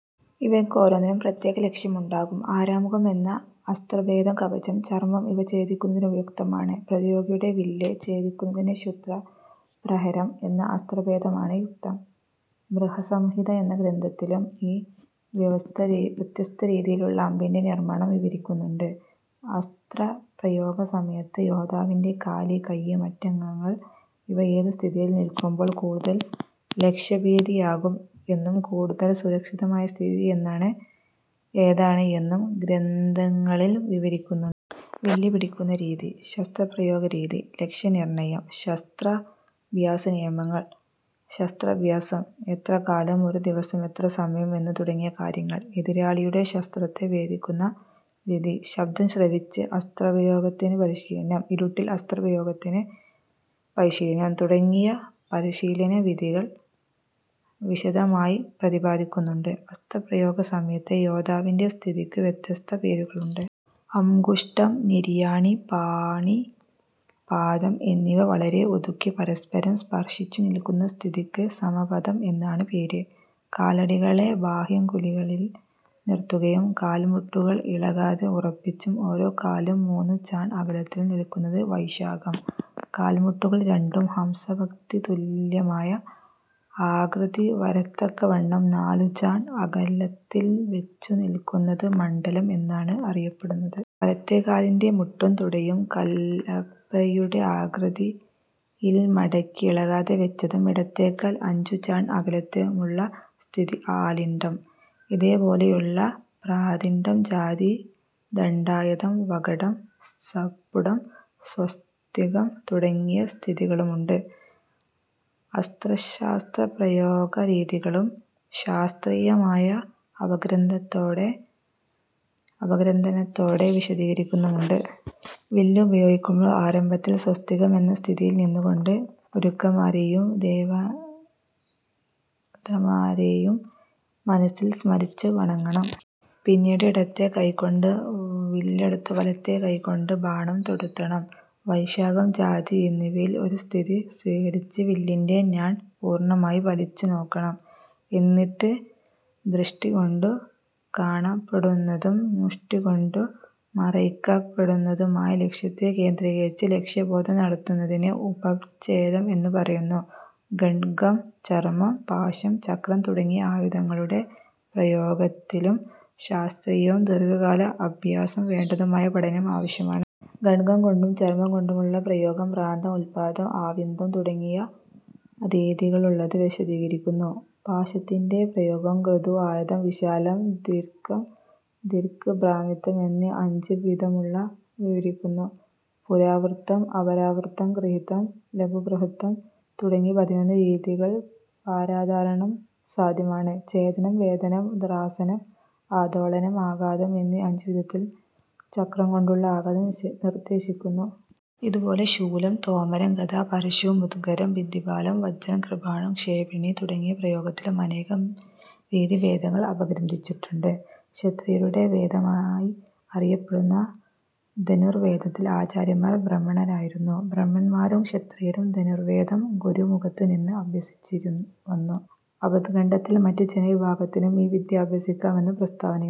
ഇവയ്ക്ക് ഓരോന്നിനും പ്രത്യേക ലക്ഷ്യം ഉണ്ടാകും. ആരാമുഖം എന്ന അസ്ത്രഭേദം കവചം, ചർമം ഇവ ഛേദിക്കുന്നതിനുപയുക്തമാണ്. പ്രതിയോഗിയുടെ വില്ല് ഛേദിക്കുന്നതിന് ക്ഷുദ്രപ്രഹരം എന്ന അസ്ത്രഭേദമാണ് യുക്തം. ബൃഹത്സംഹിത എന്ന ഗ്രന്ഥത്തിലും ഈ വ്യത്യസ്ത രീതിയിലുള്ള അമ്പിന്റെ നിർമ്മാണം വിവരിക്കുന്നുണ്ട്. അസ്ത്രപ്രയോഗസമയത്ത് യോദ്ധാവിന്റെ കാല്, കയ്യ്, മറ്റംഗങ്ങൾ ഇവ ഏതു സ്ഥിതിയിൽ നിൽക്കുമ്പോൾ കൂടുതൽ ലക്ഷ്യഭേദിയാകും എന്നും കൂടുതൽ സുരക്ഷിതമായ സ്ഥിതി ഏതാണ് എന്നും ഗ്രന്ഥങ്ങളിൽ വിവരിക്കുന്നുണ്ട്. വില്ല് പിടിക്കുന്ന രീതി, ശസ്ത്രപ്രയോഗരീതി, ലക്ഷ്യനിർണയം, ശസ്ത്രാഭ്യാസ നിയമങ്ങൾ, ശസ്ത്രാഭ്യാസം എത്ര കാലവും ഒരു ദിവസം എത്രസമയവും എന്നു തുടങ്ങിയ കാര്യങ്ങൾ, എതിരാളിയുടെ ശസ്ത്രത്തെ ഭേദിക്കുന്ന വിധി, ശബ്ദം ശ്രവിച്ച് അസ്ത്രപ്രയോഗത്തിനു പരിശീലനം, ഇരുട്ടിൽ അസ്ത്രപ്രയോഗ പരിശീലനം തുടങ്ങിയ പരിശീലനവിധികൾ വിശദമായി പ്രതിപാദിക്കുന്നുണ്ട്. അസ്ത്രപ്രയോഗസമയത്തെ യോദ്ധാവിന്റെ സ്ഥിതിക്ക് വ്യത്യസ്ത പേരുകളുണ്ട്. അംഗുഷ്ഠം, നരിയാണി, പാണി, പാദം എന്നിവ വളരെ ഒതുക്കി പരസ്പരം സ്പർശിച്ചു നിൽക്കുന്ന സ്ഥിതിക്ക് സമപദം എന്നാണു പേര്. കാലടികളെ ബാഹ്യംഗുലികളിൽ നിർത്തിയും കാൽമുട്ടുകൾ ഇളകാതെ ഉറപ്പിച്ചും ഓരോ കാലും മൂന്നുചാൺ അകലത്തിലും നിൽക്കുന്നത് വൈശാഖം. കാൽമുട്ടുകൾ രണ്ടും ഹംസപംക്തിതുല്യമായ ആകൃതി വരത്തക്കവണ്ണം നാലുചാൺ അകലത്തിൽവച്ചു നിൽക്കുന്നത് മണ്ഡലം എന്നറിയപ്പെടുന്നു. വലത്തേക്കാലിന്റെ മുട്ടും തുടയും കലപ്പയുടെ ആകൃതിയിൽ മടക്കി ഇളകാതെവച്ചും ഇടത്തേക്കാൽ അഞ്ചുചാൺ അകലത്തിലുമുള്ള സ്ഥിതി ആലീഢം. ഇതേപോലെ പ്രത്യാലീഢം, ജാതം, ദണ്ഡായതം, വികടം, സ്വപുടം, സ്വസ്തികം തുടങ്ങിയ സ്ഥിതികളുമുണ്ട്. അസ്ത്രശസ്ത്രപ്രയോഗ രീതികളും ശാസ്ത്രീയമായ അപഗ്രഥനത്തോടെ വിശദീകരിക്കുന്നുണ്ട്. വില്ല് ഉപയോഗിക്കുമ്പോൾ ആരംഭത്തിൽ സ്വസ്തികം എന്ന സ്ഥിതിയിൽ നിന്നുകൊണ്ട് ഗുരുക്കന്മാരെയും ദേവതമാരെയും മനസ്സിൽ സ്മരിച്ച് വണങ്ങണം. പിന്നീട് ഇടത്തേ കൈകൊണ്ട് വില്ലെടുത്ത് വലത്തേ കൈകൊണ്ട് ബാണം തൊടുക്കണം. വൈശാഖം, ജാതി എന്നിവയിൽ ഒരു സ്ഥിതി സ്വീകരിച്ച് വില്ലിന്റെ ഞാൺ പൂർണമായി വലിച്ചുനോക്കണം. എന്നിട്ട് ദൃഷ്ടികൊണ്ടു കാണപ്പെടുന്നതും മുഷ്ടികൊണ്ടു മറയ്ക്കപ്പെടുന്നതുമായി ലക്ഷ്യത്തെ കേന്ദ്രീകരിച്ച് ലക്ഷ്യഭേദം നടത്തുന്നതിനെ ഉപച്ഛേദം എന്നു പറയുന്നു. ഖഡ്ഗം, ചർമം, പാശം, ചക്രം തുടങ്ങിയ ആയുധങ്ങളുടെ പ്രയോഗത്തിലും ശാസ്ത്രീയവും ദീർഘകാലം അഭ്യാസം വേണ്ടതുമായ പഠനം ആവശ്യമാണ്. ഖഡ്ഗംകൊണ്ടും ചർമംകൊണ്ടുമുള്ള പ്രയോഗം ഭ്രാന്തം, ഉദ്ഭ്രാന്തം, ആവിദ്ധം തുടങ്ങി രീതികളിലുള്ളത് വിശദീകരിക്കുന്നുണ്ട്. പാശത്തിന്റെ പ്രയോഗവും ഋജു, ആയതം, വിശാലം, തിര്യക്ക്, ഭ്രാമിതം എന്ന് അഞ്ച് വിധമുള്ളതും വിവരിക്കുന്നു. പുരാവൃത്തം, അപരാവൃത്തം, ഗൃഹീതം, ലഘുഗൃഹീതം തുടങ്ങി പതിനൊന്ന് രീതിയിൽ പാശധാരണം സാധ്യമാണ്. ഛേദനം, ഭേദനം, ത്രാസനം, ആന്ദോളനം, ആഘാതം എന്ന് അഞ്ചുവിധത്തിൽ ചക്രംകൊണ്ടുള്ള ആഘാതം നിർദ്ദേശിക്കുന്നു. ഇതേപോലെ ശൂലം, തോമരം, ഗദ, പരശു, മുദ്ഗരം, ഭിന്ദിപാലം, വജ്രം, കൃപാണം, ക്ഷേപിണി തുടങ്ങിയവയുടെ പ്രയോഗത്തിനും അനേകം രീതിഭേദങ്ങൾ അപഗ്രഥിച്ചിട്ടുണ്ട്. ക്ഷത്രിയരുടെ വേദമായി അറിയപ്പെടുന്ന ധനുർവേദത്തിന്റെ ആചാര്യന്മാർ ബ്രാഹ്മണരായിരുന്നു. ബ്രാഹ്മണരും ക്ഷത്രിയരും ധനുർവേദം ഗുരുമുഖത്തുനിന്ന് അഭ്യസിച്ചുവന്നു. ആപദ്ഘട്ടത്തിൽ മറ്റു ജനവിഭാഗത്തിനും ഈ വിദ്യ അഭ്യസിക്കാമെന്നു പ്രസ്താവമുണ്ട്.